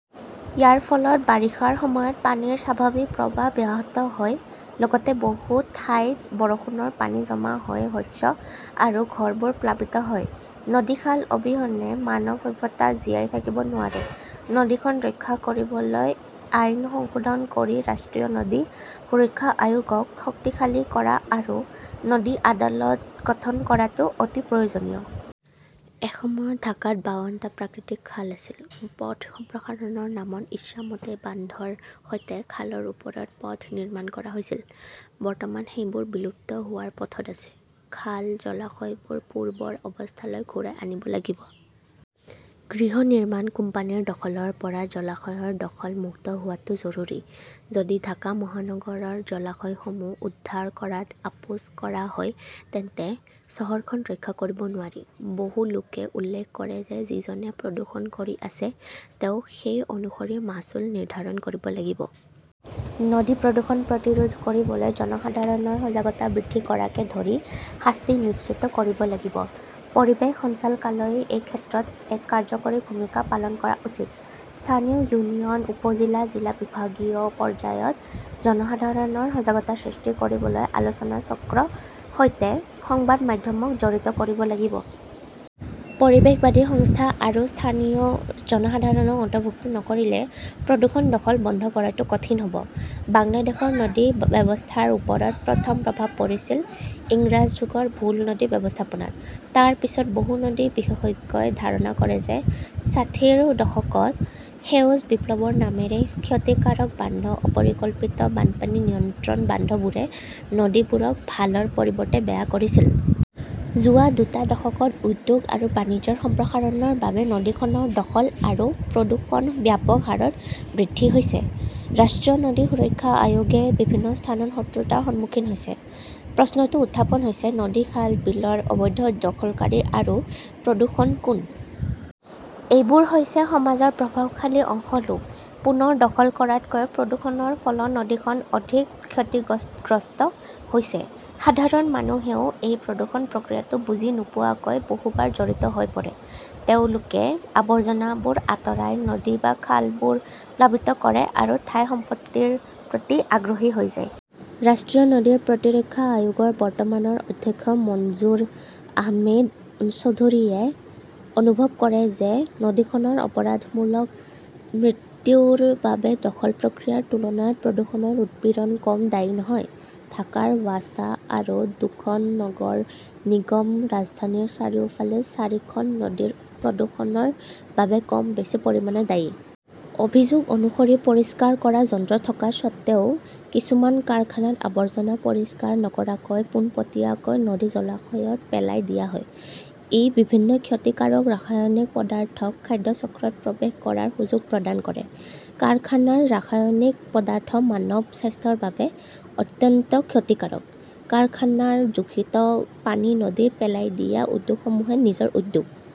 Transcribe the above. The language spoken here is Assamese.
ইয়াৰ ফলত বাৰিষাৰ সময়ত পানীৰ স্বাভাৱিক প্ৰৱাহ ব্যাহত হয়, লগতে বহু ঠাইত বৰষুণৰ পানী জমা হৈ শস্য আৰু ঘৰবোৰ প্লাবিত হয়। নদী-খাল অবিহনে মানৱ সভ্যতা জীয়াই থাকিব নোৱাৰে। নদীখন ৰক্ষা কৰিবলৈ আইন সংশোধন কৰি ৰাষ্ট্ৰীয় নদী সুৰক্ষা আয়োগক শক্তিশালী কৰা আৰু নদী আদালত গঠন কৰাটো অতি প্ৰয়োজনীয়। এসময়ত ঢাকাত বাৱন টা প্ৰাকৃতিক খাল আছিল। পথ সম্প্ৰসাৰণৰ নামত ইচ্ছামতেই বান্ধৰ সৈতে খালৰ ওপৰত পথ নিৰ্মাণ কৰা হৈছিল । বৰ্তমান সেইবোৰ বিলুপ্ত হোৱাৰ পথত আছে। খাল, জলাশয়বোৰ পূৰ্বৰ অৱস্থালৈ ঘূৰাই আনিব লাগিব। গৃহ নিৰ্মাণ কোম্পানীৰ দখলৰ পৰা জলাশয়ৰ দখল মুক্ত হোৱাটো জৰুৰী। যদি ঢাকা মহানগৰৰ জলাশয়সমূহ উদ্ধাৰ কৰাত আপোচ কৰা হয় তেন্তে চহৰখন ৰক্ষা কৰিব নোৱাৰি। বহু লোকে উল্লেখ কৰে যে যিজনে প্ৰদূষণ কৰি আছে তেওঁ সেই অনুসৰি মাচুল নিৰ্ধাৰণ কৰিব লাগিব। নদী প্ৰদূষণ প্ৰতিৰোধ কৰিবলৈ জনসাধাৰণৰ সজাগতা বৃদ্ধি কৰাকে ধৰি শাস্তি নিশ্চিত কৰিব লাগিব। পৰিৱেশ সঞ্চালকালয়ই এই ক্ষেত্ৰত এক কাৰ্যকৰী ভূমিকা পালন কৰা উচিত। স্থানীয় ইউনিয়ন, উপ-জিলা, জিলা, বিভাগীয় পৰ্যায়ত জনসাধাৰণৰ সজাগতা সৃষ্টি কৰিবলৈ আলোচনাচক্ৰ সৈতে সংবাদ মাধ্যমক জড়িত কৰিব লাগিব। পৰিৱেশবাদী সংস্থা আৰু স্থানীয় জনসাধাৰণক অন্তৰ্ভুক্ত নকৰিলে প্ৰদূষণ দখল বন্ধ কৰাটো কঠিন হব। বাংলাদেশৰ নদী ব্যৱস্থাৰ ওপৰত প্ৰথম প্ৰভাৱ পৰিছিল ইংৰাজ যুগৰ ভুল নদী ব্যৱস্থাপনাত। তাৰ পিছত বহু নদী বিশেষজ্ঞই ধাৰণা কৰে যে ষাঠিৰ দশকত সেউজ বিপ্লৱৰ নামেৰে ক্ষতিকাৰক বান্ধ, অপৰিকল্পিত বানপানী নিয়ন্ত্ৰণ বান্ধবোৰে নদীবোৰক ভালৰ পৰিৱৰ্তে বেয়া কৰিছিল। যোৱা দুটা দশকত উদ্যোগ আৰু বাণিজ্যৰ সম্প্ৰসাৰণৰ বাবে নদীখনৰ দখল আৰু প্ৰদূষণ ব্যাপক হাৰত বৃদ্ধি হৈছে। ৰাষ্ট্ৰীয় নদী সুৰক্ষা আয়োগে বিভিন্ন স্থানত শত্ৰুতাৰ সন্মুখীন হৈছে। প্ৰশ্নটো উত্থাপন হৈছে-নদী ,খাল, বিলৰ অবৈধ দখলকাৰী আৰু প্ৰদূষক কোন? এইবোৰ হৈছে সমাজৰ প্ৰভাৱশালী অংশ লোক। পুনৰ দখল কৰাতকৈ প্ৰদূষণৰ ফলত নদীখন অধিক ক্ষতিগ্ৰস্ত হৈছে। সাধাৰণ মানুহেও এই প্ৰদূষণ প্ৰক্ৰিয়াটো বুজি নোপোৱাকৈ বহুবাৰ জড়িত হৈ পৰে। তেওঁ লোকে আৱৰ্জনাবোৰ আঁতৰাই নদী বা খালবোৰ প্লাবিত কৰে আৰু ঠাই-সম্পত্তিৰ প্ৰতি আগ্ৰহী হৈ যায়। ৰাষ্ট্ৰীয় নদী প্ৰতিৰক্ষা আয়োগৰ বৰ্তমানৰ অধ্যক্ষ মঞ্জুৰ আহমেদ চৌধুৰীয়ে অনুভৱ কৰে যে নদীখনৰ অপৰাধমূলক মৃত্যুৰ বাবে দখল প্ৰক্ৰিয়াৰ তুলনাত প্ৰদূষণৰ উৎপীড়ন কম দায়ী নহয়। ঢাকাৰ ৱাছা আৰু দুখন নগৰ নিগম ৰাজধানীৰ চাৰিওফালে চাৰিখন নদীৰ প্ৰদূষণৰ বাবে কম বেছি পৰিমাণে দায়ী। অভিযোগ অনুসৰি, পৰিষ্কাৰ কৰা যন্ত্ৰ থকা স্বত্বেও, কিছুমান কাৰখানাত আৱৰ্জনা পৰিষ্কাৰ নকৰাকৈ পোনপটীয়াকৈ নদী-জলাশয়ত পেলাই দিয়া হয়। ই বিভিন্ন ক্ষতিকাৰক ৰাসায়নিক পদাৰ্থক খাদ্য চক্ৰত প্ৰৱেশ কৰাৰ সুযোগ প্ৰদান কৰে। কাৰখানাৰ ৰাসায়নিক পদাৰ্থ মানৱ স্বাস্থ্যৰ বাবে অত্যন্ত ক্ষতিকাৰক । কাৰখানাৰ দূষিত পানী নদীত পেলাই দিয়া উদ্যোগসমূহে নিজৰ উদ্যোগ